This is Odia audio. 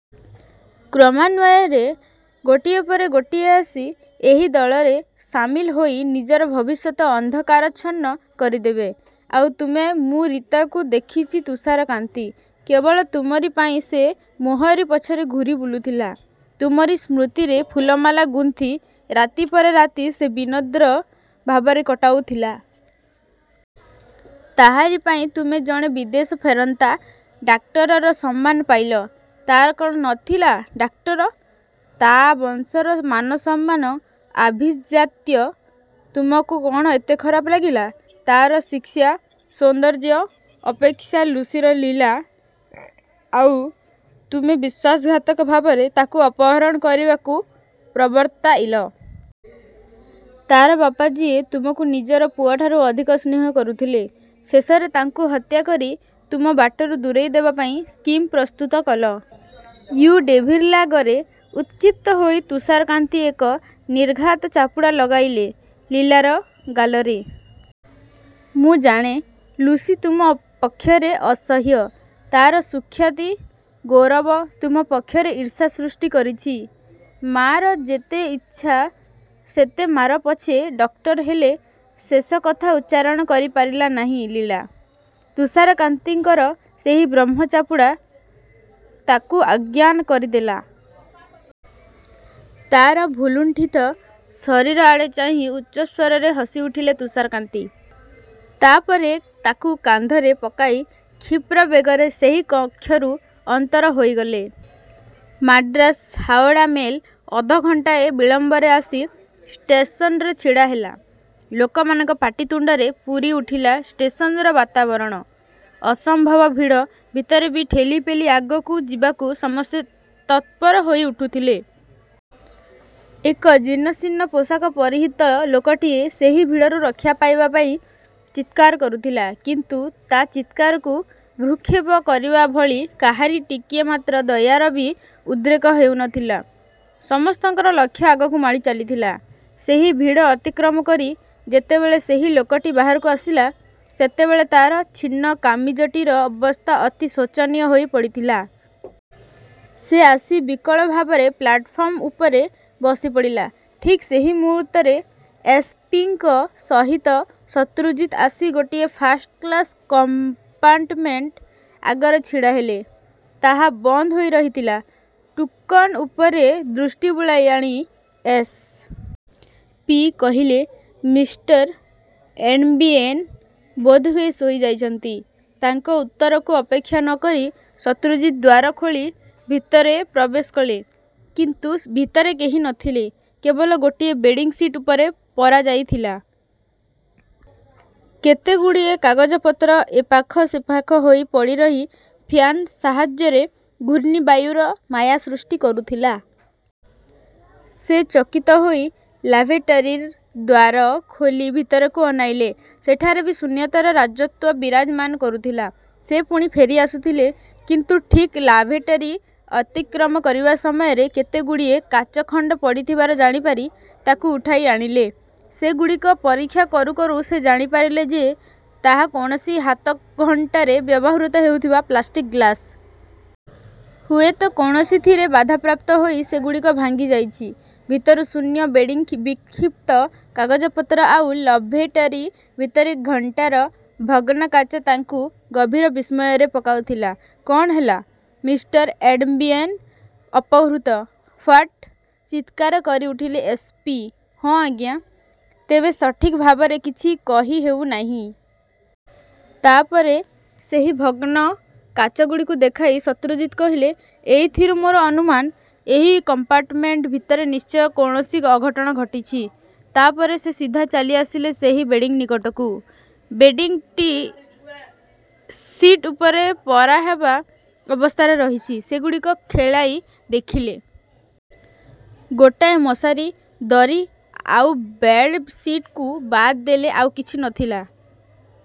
କ୍ରମାନ୍ୱୟରେ ଗୋଟିଏ ପରେ ଗୋଟିଏ ଆସି ଏହି ଦଳରେ ସାମିଲ ହୋଇ ନିଜର ଭବିଷ୍ୟତ ଅନ୍ଧକାରାଚ୍ଛନ୍ନ କରିଦେବେ। ଆଉ ତୁମେ ମୁଁ ରୀତାକୁ ଦେଖିଛି ତୁଷାରକାନ୍ତି। କେବଳ ତୁମରି ପାଇଁ ସେ ମୋହରି ପଛରେ ଘୂରି ବୁଲୁଥିଲା। ତୁମରି ସ୍ମୃତିର ଫୁଲମାଳା ଗୁନ୍ଥି ରାତି ପରେ ରାତି ସେ ବିନିଦ୍ର ଭାବରେ କଟାଉଥିଲା। ତାହାରି ପାଇଁ ତୁମେ ଜଣେ ବିଦେଶ ଫେରନ୍ତା ଡାକ୍ତରର ସମ୍ମାନ ପାଇଲ। ତାର କ'ଣ ନଥିଲା, ଡାକ୍ତର! ତା ବଂଶର ମାନସମ୍ମାନ, ଆଭିଜାତ୍ୟ ତୁମକୁ କଣ ଏତେ ଖରାପ ଲାଗିଲା? ତାର ଶିକ୍ଷା, ସୌନ୍ଦର୍ଯ୍ୟ ଅପେକ୍ଷା ଲୁସିର ଲୀଳା! ଆଉ ତୁମେ ବିଶ୍ୱାସଘାତକ ଭାବରେ ତାକୁ ଅପହରଣ କରିବାକୁ ପ୍ରବର୍ତ୍ତାଇଲ। ତାର ବାପା ଯିଏ ତୁମକୁ ନିଜର ପୁଅଠାରୁ ଅଧିକ ସ୍ନେହ କରୁଥିଲେ, ଶେଷରେ ତାଙ୍କୁ ହତ୍ୟା କରି ତୁମ ବାଟରୁ ଦୂରେଇ ଦେବା ପାଇଁ ସ୍କିମ୍ ପ୍ରସ୍ତୁତ କଲ। ୟୁ ଡେଭିଲ୍ରା ଗରେ ଉତ୍କ୍ଷିପ୍ତ ହୋଇ ତୁଷାରକାନ୍ତି ଏକ ନିର୍ଘାତ ଚାପୁଡ଼ା ଲଗାଇଲେ ଲୀଳାର ଗାଲରେ। ମୁଁ ଜାଣେ, ଲୁସି ତୁମ ପକ୍ଷରେ ଅସହ୍ୟ। ତାର ସୁଖ୍ୟାତି, ଗୌରବ, ତୁମ ପକ୍ଷରେ ଈର୍ଷା ସୃଷ୍ଟି କରିଛି। ମାର ଯେତେ ଇଚ୍ଛା ସେତେ ମାର ପଛେ ଡକ୍ଟର, ହେଲେ ଶେଷ କଥା ଉଚ୍ଚାରଣ କରିପାରିଲା ନାହିଁ ଲୀଳା। ତୁଷାରକାନ୍ତିଙ୍କର ସେହି ବ୍ରହ୍ମଚାପୁଡ଼ା ତାକୁ ଅଜ୍ଞାନ କରିଦେଲା। ତାର ଭୂଲୁଣ୍ଠିତ ଶରୀର ଆଡ଼େ ଚାହିଁ ଉଚ୍ଚସ୍ୱରରେ ହସିଉଠିଲେ ତୁଷାରକାନ୍ତି। ତା ପରେ ତାକୁ କାନ୍ଧରେ ପକାଇ କ୍ଷୀପ୍ର ବେଗରେ ସେହି କକ୍ଷରୁ ଅନ୍ତର ହୋଇଗଲେ। ମାଡ୍ରାସ-ହାଓଡ଼ା ମେଲ୍ ଅଧଘଣ୍ଟାଏ ବିଳମ୍ବରେ ଆସି ଷ୍ଟେସନରେ ଛିଡ଼ା ହେଲା। ଲୋକମାନଙ୍କ ପାଟିତୁଣ୍ଡରେ ପୂରିଉଠିଲା ଷ୍ଟେସନର ବାତାବରଣ। ଅସମ୍ଭବ ଭିଡ଼ ଭିତରେ ବି ଠେଲିପେଲି ଆଗକୁ ଯିବାକୁ ସମସ୍ତେ ତତ୍ପର ହୋଇଉଠୁଥିଲେ। ଏକ ଜୀର୍ଣ୍ଣଶୀର୍ଣ୍ଣ ପୋଷାକ ପରିହିତ ଲୋକଟିଏ ସେହି ଭିଡ଼ରୁ ରକ୍ଷା ପାଇବା ପାଇଁ ଚିତ୍କାର କରୁଥିଲା କିନ୍ତୁ ତା ଚିତ୍କାରକୁ ଭ୍ରୂକ୍ଷେପ କରିବା ଭଳି କାହାରି ଟିକିଏ ମାତ୍ର ଦୟାର ବି ଉଦ୍ରେକ ହେଉନଥିଲା। ସମସ୍ତଙ୍କର ଲକ୍ଷ୍ୟ ଆଗକୁ ମାଡ଼ି ଚାଲିଥିଲା। ସେହି ଭିଡ଼ ଅତିକ୍ରମ କରି ଯେତେବେଳେ ସେହି ଲୋକଟି ବାହାରକୁ ଆସିଲା, ସେତେବେଳେ ତାର ଛିନ୍ନ କାମିଜଟିର ଅବସ୍ଥା ଅତି ଶୋଚନୀୟ ହୋଇପଡ଼ିଥିଲା। ସେ ଆସି ବିକଳ ଭାବରେ ପ୍ଲାଟଫର୍ମ ଉପରେ ବସିପଡ଼ିଲା। ଠିକ୍ ସେହି ମୁହୂର୍ତ୍ତରେ ଏସ୍. ପି. ଙ୍କ ସହିତ ଶତ୍ରୁଜିତ ଆସି ଗୋଟିଏ ଫାଷ୍ଟ କ୍ଲାସ୍ କମ୍ପାର୍ଟମେଣ୍ଟ ଆଗରେ ଛିଡ଼ା ହେଲେ। ତାହା ବନ୍ଦ ହୋଇ ରହିଥିଲା। ଟୁକନ୍ ଉପରେ ଦୃଷ୍ଟି ବୁଲାଇ ଆଣି ଏସ୍. ପି. କହିଲେ, ମିଷ୍ଟର ଇଡମ୍ବିଏନ୍ ବୋଧହୁଏ ଶୋଇଯାଇଛନ୍ତି। ତାଙ୍କ ଉତ୍ତରକୁ ଅପେକ୍ଷା ନକରି ଶତ୍ରୁଜିତ ଦ୍ୱାର ଖୋଲି ଭିତରେ ପ୍ରବେଶ କଲେ; କିନ୍ତୁ ଭିତରେ କେହି ନଥିଲେ। କେବଳ ଗୋଟିଏ ବେଡିଂ ସିଟ୍ ଉପରେ ପରାଯାଇଥିଲା। କେତେଗୁଡ଼ିଏ କାଗଜପତ୍ର ଏପାଖ ସେପାଖ ହୋଇ ପଡ଼ିରହି, ଫ୍ୟାନ୍ ସାହାଯ୍ୟରେ ଘୂର୍ଣ୍ଣିବାୟୁର ମାୟା ସୃଷ୍ଟି କରୁଥିଲା। ସେ ଚକିତ ହୋଇ ଲାଭେଟରୀର ଦ୍ୱାର ଖୋଲି ଭିତରକୁ ଅନାଇଲେ। ସେଠାରେ ବି ଶୂନ୍ୟତାର ରାଜତ୍ୱ ବିରାଜମାନ କରୁଥିଲା। ସେ ପୁଣି ଫେରିଆସୁଥିଲେ; କିନ୍ତୁ ଠିକ୍ ଲାଭେଟରୀ ଅତିକ୍ରମ କରିବା ସମୟରେ କେତେଗୁଡ଼ିଏ କାଚଖଣ୍ଡ ପଡ଼ିଥିବାର ଜାଣିପାରି ତାକୁ ଉଠାଇ ଆଣିଲେ। ସେଗୁଡ଼ିକ ପରୀକ୍ଷା କରୁ କରୁ ସେ ଜାଣିପାରିଲେ ଯେ ତାହା କୌଣସି ହାତଘଣ୍ଟାରେ ବ୍ୟବହୃତ ହେଉଥିବା ପ୍ଲାଷ୍ଟିକ୍ ଗ୍ଲାସ। ହୁଏତ କୌଣସିଥିରେ ବାଧାପ୍ରାପ୍ତ ହୋଇ ସେଗୁଡ଼ିକ ଭାଙ୍ଗିଯାଇଛି। ଭିତରୁ ଶୂନ୍ୟ ବେଡିଂବିକ୍ଷିପ୍ତ କାଗଜପତ୍ର ଆଉ ଲାଭେଟରୀ ଭିତରେ ଘଣ୍ଟାର ଭଗ୍ନ କାଚ ତାଙ୍କୁ ଗଭୀର ବିସ୍ମୟରେ ପକାଉଥିଲା। କ'ଣ ହେଲା? ମିଷ୍ଟର ଇଡମ୍ବିଏନ୍ ଅପହୃତ? ହ୍ୱାଟ୍? ଚିତ୍କାର କରିଉଠିଲେ ଏସ୍. ପି.। ହଁ, ଆଜ୍ଞା। ତେବେ ସଠିକ୍ ଭାବରେ କିଛି କହିହେଉନାହିଁ। ତା ପରେ ସେହି ଭଗ୍ନ କାଚଗୁଡ଼ିକ ଦେଖାଇ ଶତ୍ରୁଜିତ କହିଲେ, ଏଇଥିରୁ ମୋର ଅନୁମାନ, ଏହି କମ୍ପାର୍ଟମେଣ୍ଟ ଭିତରେ ନିଶ୍ଚୟ କୌଣସି ଅଘଟଣ ଘଟିଛି। ତା ପରେ ସେ ସିଧା ଚାଲିଆସିଲେ ସେହି ବେଡିଂ ନିକଟକୁ। ବେଡିଂଟି ସିଟ୍ ଉପରେ ପରାହେବା ଅବସ୍ଥାରେ ରହିଛି। ସେଗୁଡ଼ିକ ଖେଳାଇ ଦେଖିଲେ। ଗୋଟାଏ ମଶାରୀ, ଦରୀ ଆଉ ବେଡ୍-ସିଟ୍‌କୁ ବାଦ ଦେଲେ ଆଉ କିଛି ନଥିଲା।